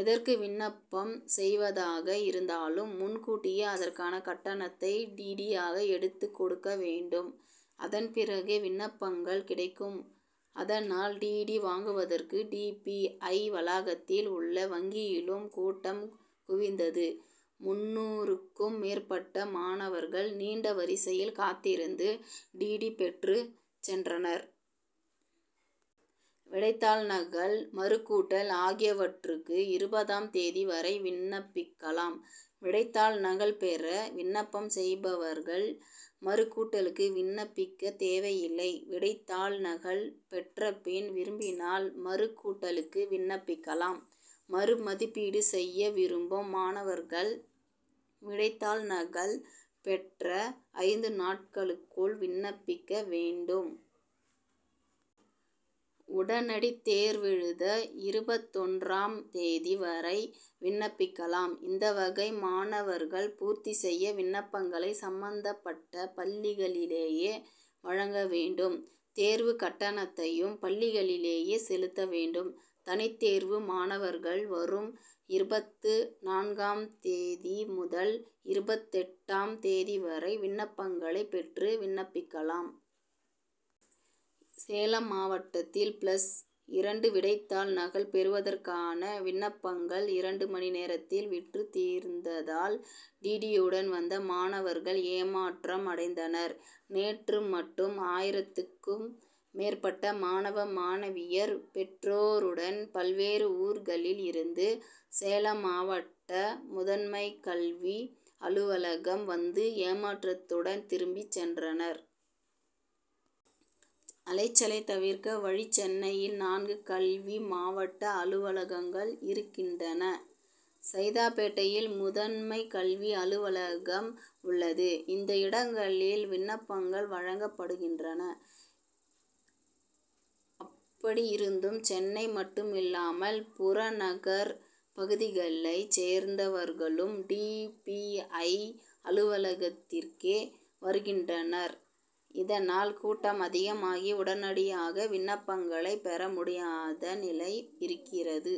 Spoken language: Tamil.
எதற்கு விண்ணப்பம் செய்வதாக இருந்தாலும் முன்கூட்டியே அதற்கான கட்டணத்தை டிடியாக எடுத்துக் கொடுக்க வேண்டும். அதன் பிறகே விண்ணப்பங்கள் கிடைக்கும். அதனால் டிடி வாங்குவதற்கு டி. பி. ஐ. வளாகத்தில் உள்ள வங்கியிலும் கூட்டம் குவிந்தது. முந்நூறுக்கும் மேற்பட்ட மாணவர்கள் நீண்ட வரிசையில் காத்திருந்து டிடி பெற்றுச் சென்றனர். விடைத்தாள் நகல் மறுகூட்டல் ஆகியவற்றுக்கு இருபதாம் தேதி வரை விண்ணப்பிக்கலாம். விடைத்தாள் நகல் பெற விண்ணப்பம் செய்பவர்கள் மறுகூட்டலுக்கு விண்ணப்பிக்க தேவையில்லை. விடைத்தாள் நகல் பெற்ற பின் விரும்பினால் மறுகூட்டலுக்கு விண்ணப்பிக்கலாம். மறு மதிப்பீடு செய்ய விரும்பும் மாணவர்கள் விடைத்தாள் நகல் பெற்ற ஐந்து நாட்களுக்குள் விண்ணப்பிக்க வேண்டும். உடனடித் தேர்வெழுத இருபத்தொன்றாம் தேதி வரை விண்ணப்பிக்கலாம். இந்த வகை மாணவர்கள் பூர்த்தி செய்த விண்ணப்பங்களை சம்பந்தப்பட்ட பள்ளிகளிலேயே வழங்க வேண்டும். தேர்வுக் கட்டணத்தையும் பள்ளிகளிலேயே செலுத்த வேண்டும். தனித்தேர்வு மாணவர்கள் வரும் இருபத்துநான்காம் தேதி முதல் இருபத்தெட்டாம் தேதி வரை விண்ணப்பங்களை பெற்று விண்ணப்பிக்கலாம். சேலம் மாவட்டத்தில் பிளஸ் இரண்டு விடைத்தாள் நகல் பெறுவதற்கான விண்ணப்பங்கள் இரண்டு மணி நேரத்தில் விற்று தீர்ந்ததால் டிடியுடன் வந்த மாணவர்கள் ஏமாற்றம் அடைந்தனர். நேற்று மட்டும் ஆயிரத்துக்கும் மேற்பட்ட மாணவ மாணவியர் பெற்றோருடன் பல்வேறு ஊர்களில் இருந்து சேலம் மாவட்ட முதன்மைக்கல்வி அலுவலகம் வந்து ஏமாற்றத்துடன் திரும்பி சென்றனர். அலைச்சலை தவிர்க்க வழி சென்னையில் நான்கு கல்வி மாவட்ட அலுவலகங்கள் இருக்கின்றன. சைதாப்பேட்டையில் முதன்மை கல்வி அலுவலகம் உள்ளது. இந்த இடங்களில் விண்ணப்பங்கள் வழங்கப்படுகின்றன. அப்படியிருந்தும் சென்னை மட்டுமில்லாமல் புறநகர்ப் பகுதிகளைச் சேர்ந்தவர்களும் டி. பி. ஐ. அலுவலகத்திற்கே வருகின்றனர். இதனால் கூட்டம் அதிகமாகி உடனடியாக விண்ணப்பங்களை பெற முடியாத நிலை இருக்கிறது.